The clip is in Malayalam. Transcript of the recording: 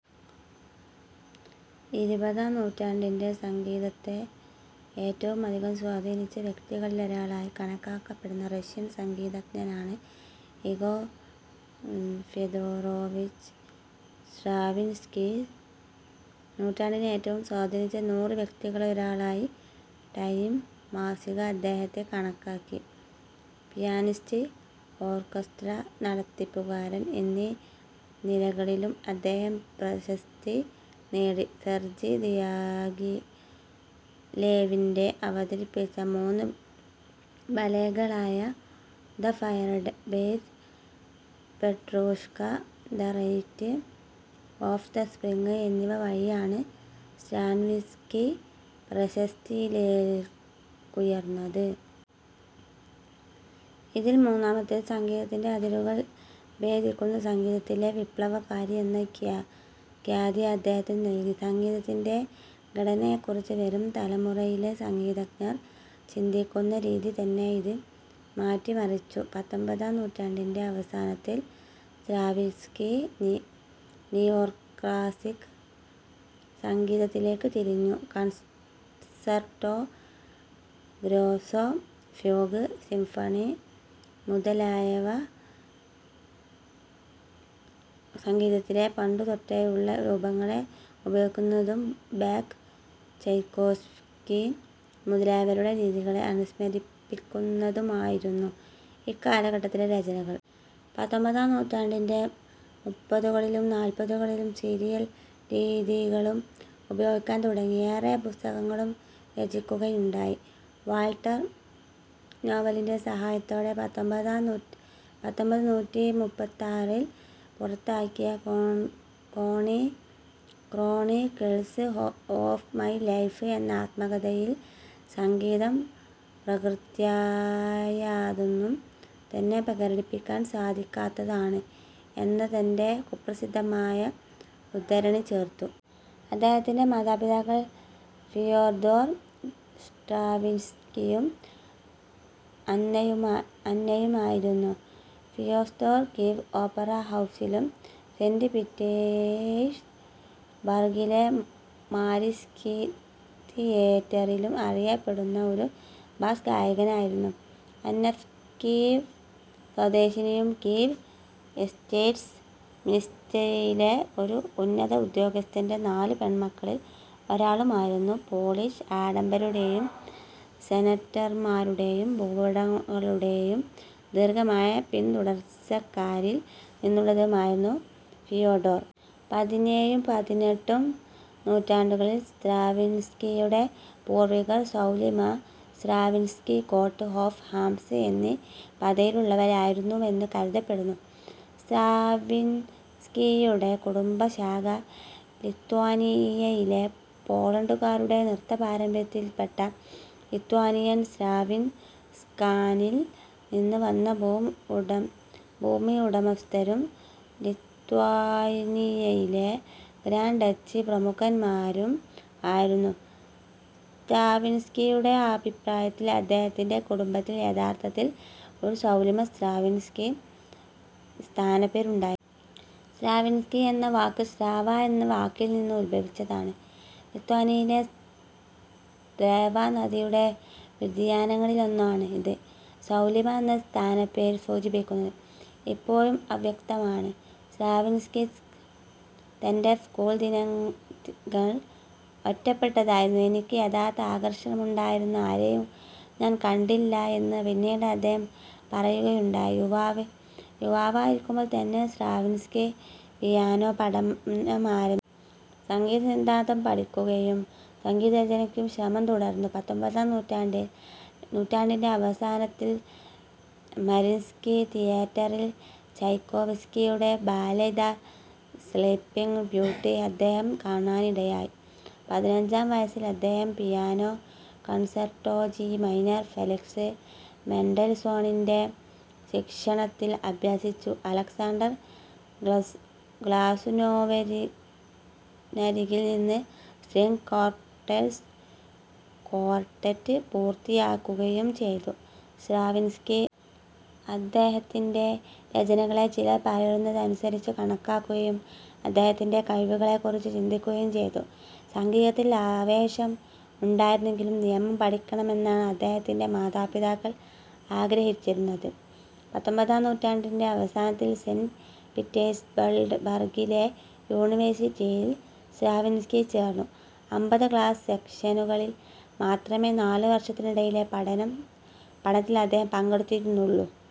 ഇരുപതാം നൂറ്റാണ്ടിൻ്റെ സംഗീതത്തെ ഏറ്റവുമധികം സ്വാധീനിച്ച വ്യക്തികളിലൊരാളായി കണക്കാക്കപ്പെടുന്ന റഷ്യൻ സംഗീതജ്ഞനാണ് ഇഗോർ ഫ്യൊദൊറോവിച്ച് സ്ട്രാവിൻസ്കി. നൂറ്റാണ്ടിനെ ഏറ്റവും സ്വാധീനിച്ച നൂറ് വ്യക്തികളിലൊരാളായി ടൈം മാസിക അദ്ദേഹത്തെ കണക്കാക്കി. പിയാനിസ്റ്റ്, ഓർക്കസ്ട്ര നടത്തിപ്പുകാരൻ എന്നീ നിലകളിലും അദ്ദേഹം പ്രശസ്തി നേടി. സെർജി ദിയാഘിലേവിൻ്റെ അവതരിപ്പിച്ച മൂന്ന് ബാലേകളായ the firebird, Petrushka, the rite of the spring എന്നിവ വഴിയാണ് സ്ട്രാവിൻസ്കി പ്രശസ്തിയിലേക്കുയർന്നത്. ഇതിൽ മൂന്നാമത്തേത് സംഗീതത്തിൻ്റെ അതിരുകൾ ഭേദിക്കുന്ന സംഗീതത്തിലെ വിപ്ലവകാരി എന്ന ഖ്യാതി അദ്ദേഹത്തിനു നൽകി. സംഗീതത്തിൻ്റെ ഘടനയെക്കുറിച്ച് വരും തലമുറയിലെ സംഗീതജ്ഞർ ചിന്തിക്കുന്ന രീതി തന്നെ ഇത് മാറ്റിമറിച്ചു. പത്തൊമ്പതാം നൂറ്റാണ്ടിൻ്റെ അവസാനത്തിൽ സ്ട്രാവിൻസ്കി നിയോക്ലാസ്സിക് സംഗീതത്തിലേക്ക് തിരിഞ്ഞു. കൺസർട്ടോ ഗ്രോസ്സോ, ഫ്യൂഗ്, സിംഫണി മുതലായ സംഗീതത്തിലെ പണ്ടുതൊട്ടേയുള്ള രൂപങ്ങളെ ഉപയോഗിക്കുന്നതും ബാക്ക്, ചൈകോവ്സ്കി മുതലായവരുടെ രീതികളെ അനുസ്മരിപ്പിക്കുന്നതുമായിരുന്നു ഇക്കാലഘട്ടത്തിലെ രചനകൾ. പത്തൊമ്പതാം നൂറ്റാണ്ടിൻ്റെ മുപ്പതുകളിലും നാല്പതുകളിലും സീരിയൽ രീതികളും ഉപയോഗിക്കാൻ തുടങ്ങി. ഏറെ പുസ്തകങ്ങളും രചിക്കുകയുണ്ടായി. വാൾട്ടർ നോവലിൻ്റെ സഹായത്തോടെ പത്തൊമ്പതുനൂറ്റി മുപ്പത്താറിൽ പുറത്തിറക്കിയ റോണി ക്രോണി ക്രോണിക്കിൾസ് ഓഫ് മൈ ലൈഫ് എന്ന ആത്മകഥയിൽ സംഗീതം പ്രകൃത്യാ യാതൊന്നും തന്നെ പ്രകടിപ്പിക്കാൻ സാധിക്കാത്തതാണ് എന്ന തൻ്റെ കുപ്രസിദ്ധമായ ഉദ്ധരണി ചേർത്തു. അദ്ദേഹത്തിൻ്റെ മാതാപിതാക്കൾ ഫിയോദോർ സ്ട്രാവിൻസ്കിയും അന്ന അന്നയുമായിരുന്നു. ഫിയോദോർ കീവ് ഓപ്പറ ഹൗസിലും സെന്റ് പീറ്റേഴ്സ്ബർഗിലെ മാരിൻസ്കി തിയേറ്ററിലും അറിയപ്പെടുന്ന ഒരു ബാസ് ഗായകനായിരുന്നു. അന്ന കീവ് സ്വദേശിനിയും കീവ് എസ്റ്റേറ്റ്സ് മിനിസ്ട്രിയിലെ ഒരു ഉന്നത ഉദ്യോഗസ്ഥൻ്റെ നാല് പെൺമക്കളിൽ ഒരാളുമായിരുന്നു. പോളിഷ് ആഡംബരരുടെയും സെനറ്റർമാരുടെയും ഭൂവുടമകളുടെയും ദീർഘമായ പിൻതുടർച്ചക്കാരിൽ നിന്നുള്ളതായിരുന്നു ഫിയോഡോർ. പതിനേഴും പതിനെട്ടും നൂറ്റാണ്ടുകളിൽ സ്ട്രാവിൻസ്കിയുടെ പൂർവ്വികർ Soulima, Stravinsky coat of arms എന്നീ പദവിയിലുള്ളവരായിരുന്നുവെന്ന് കരുതപ്പെടുന്നു. സ്ട്രാവിൻസ്കിയുടെ കുടുംബശാഖ ലിത്വാനിയയിലെ പോളണ്ടുകാരുടെ നൃത്തപാരമ്പര്യത്തിൽപ്പെട്ട ലിത്വാനിയൻ സ്ട്രാവിൻസ്കാസിൽ നിന്ന് വന്ന ഭൂമി യുടെഭൂമിയുടമസ്ഥരും ലിത്വാനിയയിലെ ഗ്രാൻഡ് ഡച്ചി പ്രഭുക്കന്മാരും ആയിരുന്നു. സ്ട്രാവിൻസ്കിയുടെ അഭിപ്രായത്തിൽ, അദ്ദേഹത്തിൻ്റെ കുടുംബത്തിൽ യഥാർത്ഥത്തിൽ ഒരു സൗലിമ സ്ട്രാവിൻസ്കി സ്ഥാനപ്പേര് ഉണ്ടായിരുന്നു. സ്ട്രാവിൻസ്കി എന്ന വാക്ക് സ്ട്രാവ എന്ന വാക്കിൽനിന്നും ഉത്ഭവിച്ചതാണ്. ലിത്വാനിയയിലെ സ്ട്രേവ നദിയുടെ വ്യതിയാനങ്ങളിലൊന്നാണ് ഇത്. സൗലിമ എന്ന സ്ഥാനപ്പേര് സൂചിപ്പിക്കുന്നത് ഇപ്പോഴും അവ്യക്തമാണ്. സ്ട്രാവിൻസ്കിക്ക് തൻ്റെ സ്കൂൾദിനങ്ങൾ ഒറ്റപ്പെട്ടതായിരുന്നു. എനിക്ക് യഥാർത്ഥ ആകർഷണമുണ്ടായിരുന്ന ആരെയും ഞാൻ കണ്ടില്ല എന്ന് പിന്നീട് അദ്ദേഹം പറയുകയുണ്ടായി. യുവാവായിരിക്കുമ്പോൾ തന്നെ സ്ട്രാവിൻസ്കി പിയാനോ പഠനമാരംഭിച്ചു. സംഗീതസിദ്ധാന്തം പഠിക്കുകയും സംഗീതരചനയ്ക്കും ശ്രമം തുടർന്നു. പത്തൊമ്പതാം നൂറ്റാണ്ടിൻ്റെ അവസാനത്തിൽ മരിൻസ്കി തിയേറ്ററിൽ ചൈകോവ്സ്കിയുടെ ബാലെ ദ സ്ലീപ്പിംഗ് ബ്യൂട്ടി അദ്ദേഹം കാണാനിടയായി. പതിനഞ്ചാം വയസ്സിൽ അദ്ദേഹം piano concerto G minor Felix മെൻഡൽസോണിൻ്റെ ശിക്ഷണത്തിൽ അഭ്യസിച്ചു. അലക്സാണ്ടർ ക്ലാസ് ഗ്ലാസുനോവിനരികിൽ നിന്ന് സ്ട്രിങ് ക്വാർട്ടെറ്റ് പൂർത്തിയാക്കുകയും ചെയ്തു. സ്ട്രാവിൻസ്കി അദ്ദേഹത്തിൻ്റെ രചനകളെ ചിലർ പറയുന്നതനുസരിച്ച് കണക്കാക്കുകയും അദ്ദേഹത്തിൻ്റെ കഴിവുകളെക്കുറിച്ച് ചിന്തിക്കുകയും ചെയ്തു. സംഗീതത്തിൽ ആവേശം ഉണ്ടായിരുന്നെങ്കിലും നിയമം പഠിക്കണമെന്നാണ് അദ്ദേഹത്തിൻ്റെ മാതാപിതാക്കൾ ആഗ്രഹിച്ചിരുന്നത്. പത്തൊമ്പതാം നൂറ്റാണ്ടിൻ്റെ അവസാനത്തിൽ സെന്റ് പീറ്റേഴ്സ്ബർഗിലെ യൂണിവേഴ്സിറ്റിയിൽ സ്ട്രാവിൻസ്കി ചേർന്നു. അമ്പത് ക്ലാസ് സെക്ഷനുകളിൽ മാത്രമേ നാലുവർഷത്തിനിടയിലെ പഠനത്തിൽ അദ്ദേഹം പങ്കെടുത്തിരുന്നുള്ളൂ.